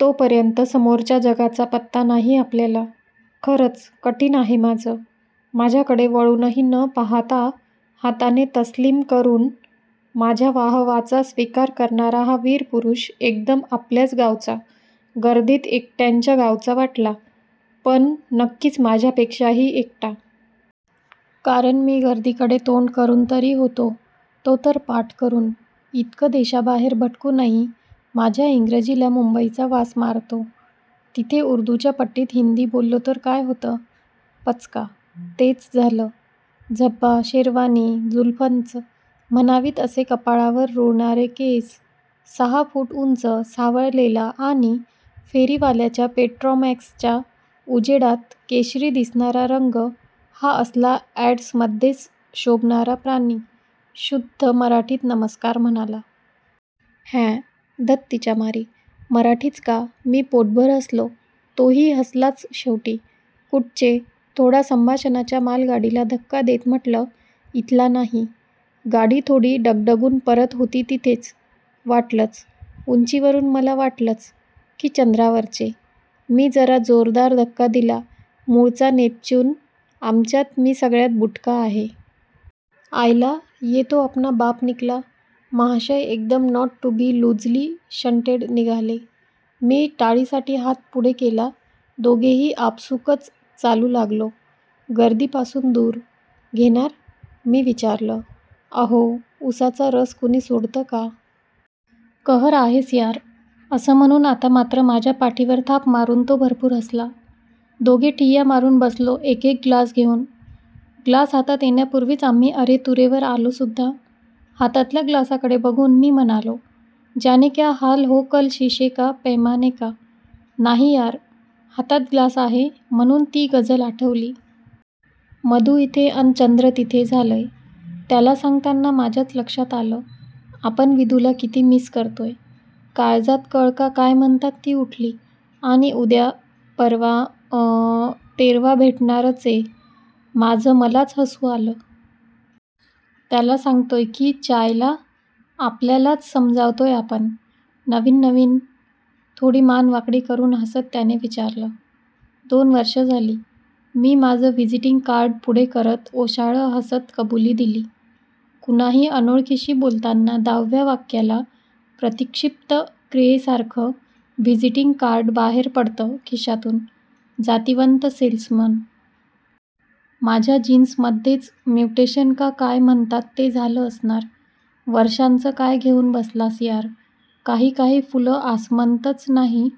तोपर्यंत समोरच्या जगाचा पत्ता नाही आपल्याला. खरच कठीण आहे माझं. माझ्याकडे वळुनही न पहाता हाताने तस्लीम करून माझ्या वाहवाचा स्वीकार करणारा हा वीर पुरुष एकदम आपल्याच गावचा, 'गर्दीत एकट्यांच्या गावचा' वाटला. पण नक्कीच माझ्यापेक्षाही एकटा. कारण मी गर्दीकडे तोंड करूनतरी होतो, तो तर पाठ करून. इतकं देशाबाहेर भटकूनही माझ्या इंग्रजीला मुंबईचा वास मारतो तिथे उर्दूच्या पट्टीत हिंदी बोललो तर काय होतं? पचका! तेच झालं. झब्बा, शेरवानी, जुल्फंच म्हणावीत असे कपाळावर रुळणारे केस, सहा फूट उंच, सावळलेला आणि फेरीवाल्याच्या पेट्रोमॅक्सच्या उजेडात केशरी दिसणारा रंग हा असला अॅड्समध्येच शोभणारा प्राणी शुद्ध मराठीत, 'नमस्कार,' म्हणाला. "हॅ! धत तिच्या मारी, मराठीच का!! " मी पोटभर हसलो. तो ही हसलाच शेवटी. "कुठचे? " थोडा संभाषणाच्या मालगाडीला धक्का देत म्हटलं. "इथला नाही. " गाडी थोडी डगडगून परत होती तिथेच. "वाटलंच! उंची वरून मला वाटलंच, की चंद्रावरचे " मी जरा जोरदार धक्का दिला "मुळचा नेपच्यून, आमच्यात मी सगळ्यात बुटका आहे. " आयला ये तो अपना बाप निकला. महाशय एकदम 'not to be loosely shunted' निघाले. मी टाळीसाठी हात पुढे केला. दोघेही आपसूकच चालू लागलो, गर्दी पासून दूर. "घेणार? " मी विचारलं. "अहो, उसाचा रस कुणी सोडतं का? " "कहर आहेस, यार" अस म्हणून आता मात्रं माझ्या पाठीवर थाप मारून तो भरपूर हसला. दोघे ठिय्या मारून बसलो एक एक ग्लास घेऊन. ग्लास हातात येण्यापूर्वीच आम्ही अरे-तुरेवर आलोसुद्धा. हातातल्या ग्लासाकडे बघून मी म्हणालो "जाने क्या हाल हो कल शीशेका, पैमानेका, " "नाही यार, हातात ग्लास आहे म्हणून ती गझल आठवली. मधू इथे अन, चंद्र तिथे झालंय. " त्याला सांगताना माझ्याच लक्षात आलं आपण विदूला किती मिस करतोय. काळजात कळ का काय म्हणतात ती उठली. "आणि उद्या, परवा, अं. तेरवा भेटणारचये". माझं मलाच हसू आलं. त्याला सांगतोय की च्यायला आपल्यालाच समजावतोय आपण? "नवीन नवीन? " थोडी मान वाकडी करून हसत त्याने विचारलं. "दोन वर्ष झाली, " मी माझं व्हिजिटिंग कार्ड पुढे करत, ओशाळं हसंत कबुली दिली. कुणाही अनोळखीशी बोलताना दहाव्या वाक्याला प्रतिक्षिप्त क्रियेसारखं व्हिजिटिंग कार्ड बाहेर पडतं खिशातून जातिवंत सेल्समन! माझ्या जीन्स मध्येच म्युटेशन का काय म्हणतात ते झालं असणार. "वर्षांचं काय घेऊन बसलास यार, काही काही फुलं आसमंतच नाही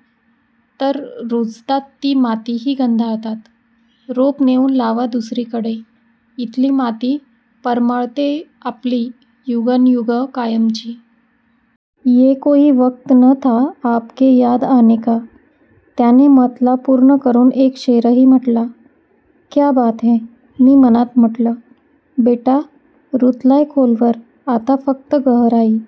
तर रुजतात ती मातीही गंधाळतात. रोप नेऊन लावा दुसरीकडे, इथली माती परमळतेय आपली युगंनयुगं कायमची. " ये कोई वक्त न था आपके याद आने का" त्याने मतला पूर्ण करून एक शेरही म्हटला. "क्या बात है" मी मनात म्हटलं. "बेटा रुतलाय खोलवर आता फक्त गहराई--